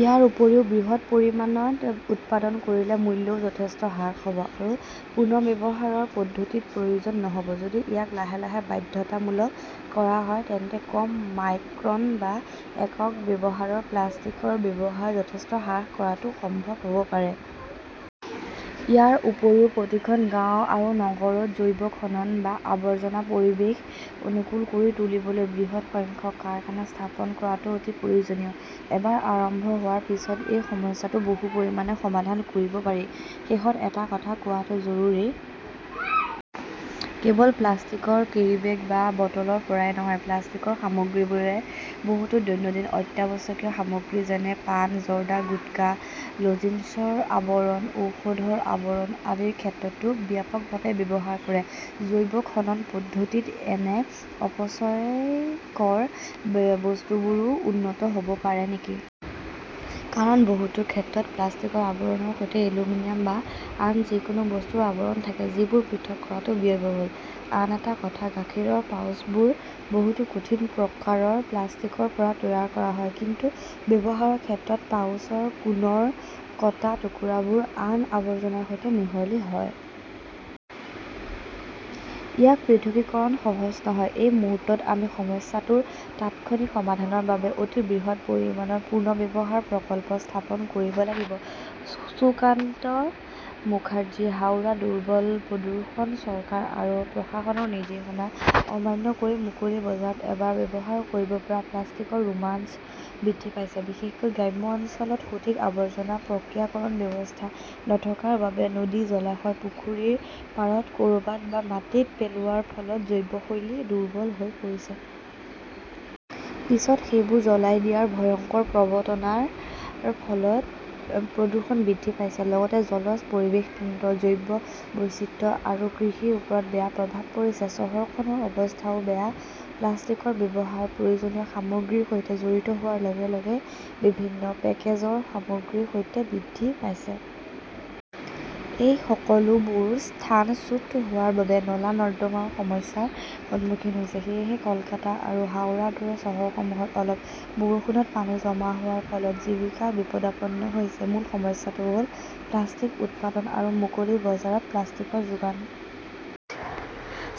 ইয়াৰ উপৰিও, বৃহৎ পৰিমাণত উৎপাদন কৰিলে মূল্যও যথেষ্ট হ্ৰাস হ "ব, আৰু পুনৰ্ব্যৱহাৰৰ পদ্ধতিৰ প্ৰয়োজন নহ" ব। যদি ইয়াক লাহে লাহে বাধ্যতামূলক কৰা হয় তেন্তে কম মাইক্ৰন বা 'একক ব্যৱহাৰৰ' প্লাষ্টিকৰ ব্যৱহাৰ যথেষ্ট হ্ৰাস কৰাটো সম্ভৱ হ 'ব পাৰে। ইয়াৰ উপৰিও প্ৰতিখন গাঁৱ আৰু নগৰত 'জৈৱ-খনন "বা আৱৰ্জনা পৰিৱেশ অনুকূল কৰি তুলিবলৈ বৃহৎ সংখ্যক কাৰখানা স্থাপন কৰাটো অতি প্ৰয়োজনীয়। এবাৰ আৰম্ভ হোৱাৰ পিছত এই সমস্যাটো বহু পৰিমাণে সমাধান কৰিব পাৰি। শেষত এটা কথা কোৱাটো জৰুৰী। কেৱল প্লাষ্টিকৰ কেৰিব্যাগ বা বটলৰ পৰাই নহয়, প্লাষ্টিকৰ সামগ্ৰীবোৰে বহুতো দৈনন্দিন অত্যাৱশ্যকীয় সামগ্ৰী যেনে পান, জৰ্দা, গুটকা, লজিন্সৰ আৱৰণ, ঔষধৰ আৱৰণ আদিৰ ক্ষেত্ৰতো ব্যাপকভাৱে ব্যৱহাৰ কৰে। জৈৱ খনন পদ্ধতিত এনে অপচয়কৰ বস্তুবোৰো উন্নত হ "ব পাৰে নেকি? কাৰণ, বহুতো ক্ষেত্ৰত প্লাষ্টিকৰ আৱৰণৰ সৈতে এলুমিনিয়াম বা আন যিকোনো বস্তুৰ আৱৰণ থাকে, যিবোৰ পৃথক কৰাটো ব্যয়বহুল। আন এটা কথা-গাখীৰৰ পাউচবোৰ বহুতো কঠিন প্ৰকাৰৰ প্লাষ্টিকৰ পৰা তৈয়াৰ কৰা হয়, কিন্তু ব্যৱহাৰৰ ক্ষেত্ৰত পাউচৰ কোণৰ কটা টুকুৰাবোৰ আন আৱৰ্জনাৰ সৈতে মিহলি হয়। ইয়াৰ পৃথকীকৰণ সহজ নহয়। এই মুহূৰ্তত আমি সমস্যাটোৰ তাৎক্ষণিক সমাধানৰ বাবে অতি বৃহৎ পৰিমাণৰ পুনৰ্ব্যৱহাৰ প্ৰকল্প স্থাপন কৰিব লাগিব। সুকান্ত মুখাৰ্জী, হাওৰা দুৰ্বল প্ৰদূষণ চৰকাৰ আৰু প্ৰশাসনৰ নিৰ্দেশনা অমান্য কৰি মুকলি বজাৰত এবাৰ ব্যৱহাৰ কৰিব পৰা প্লাষ্টিকৰ ৰোমাঞ্চ বৃদ্ধি পাইছে, বিশেষকৈ গ্ৰাম্য অঞ্চলত সঠিক আৱৰ্জনা প্ৰক্ৰিয়াকৰণ ব্যৱস্থা নথকাৰ বাবে নদী, জলাশয়, পুখুৰীৰ পাৰত, ক 'ৰবাত বা মাটিত পেলোৱাৰ ফলত জীৱনশৈলী দুৰ্বল হৈ পৰিছে। পিছত সেইবোৰ জ্বলাই দিয়াৰ ভয়ংকৰ প্ৰৱণতাৰ ফলত প্ৰদূষণ বৃদ্ধি পাইছে, লগতে জলজ পৰিৱেশ তন্ত্ৰ, জৈৱ বৈচিত্ৰ্য আৰু কৃষিৰ ওপৰত বেয়া প্ৰভাৱ পৰিছে। চহৰখনৰ অৱস্থাও বেয়া, প্লাষ্টিকৰ ব্যৱহাৰ প্ৰয়োজনীয় সামগ্ৰীৰ সৈতে জড়িত হোৱাৰ লগে লগে বিভিন্ন পেকেজৰ সামগ্ৰীৰ সৈতে বৃদ্ধি পাইছে। এই সকলোবোৰ স্থানচ্যুত হোৱাৰ বাবে নলা-নৰ্দমাও সমস্যাৰ সন্মুখীন হৈছে। সেয়েহে কলকাতা আৰু হাওৰাৰ দৰে চহৰসমূহত অলপ বৰষুণত পানী জমা হোৱাৰ ফলত জীৱিকা বিপদাপন্ন হৈছে। মূল সমস্যাটো হ "ল প্লাষ্টিক উৎপাদন আৰু মুকলি বজাৰত প্লাষ্টিকৰ যোগান।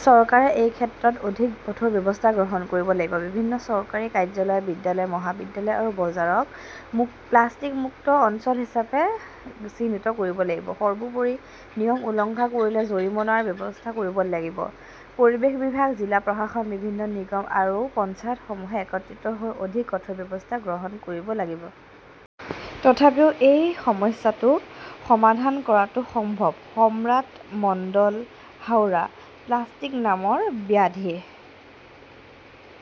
চৰকাৰে এই ক্ষেত্ৰত অধিক কঠোৰ ব্যৱস্থা গ্ৰহণ কৰিব লাগিব। বিভিন্ন চৰকাৰী কাৰ্যালয়, বিদ্যালয়, মহাবিদ্যালয় আৰু বজাৰক প্লাষ্টিক মুক্ত অঞ্চল হিচাপে চিহ্নিত কৰিব লাগিব। সৰ্বোপৰি, নিয়ম উলংঘা কৰিলে জৰিমনাৰ ব্যৱস্থা কৰিব লাগিব। পৰিৱেশ বিভাগ, জিলা প্ৰশাসন, বিভিন্ন নিগম আৰু পঞ্চায়তসমূহে একত্ৰিত হৈ অধিক কঠোৰ ব্যৱস্থা গ্ৰহণ কৰিব লাগিব। তথাপিও এই সমস্যাটো সমাধান কৰাটো সম্ভৱ। সম্ৰাট মণ্ডল, হাওৰা। প্লাষ্টিক নামৰ ব্যাধি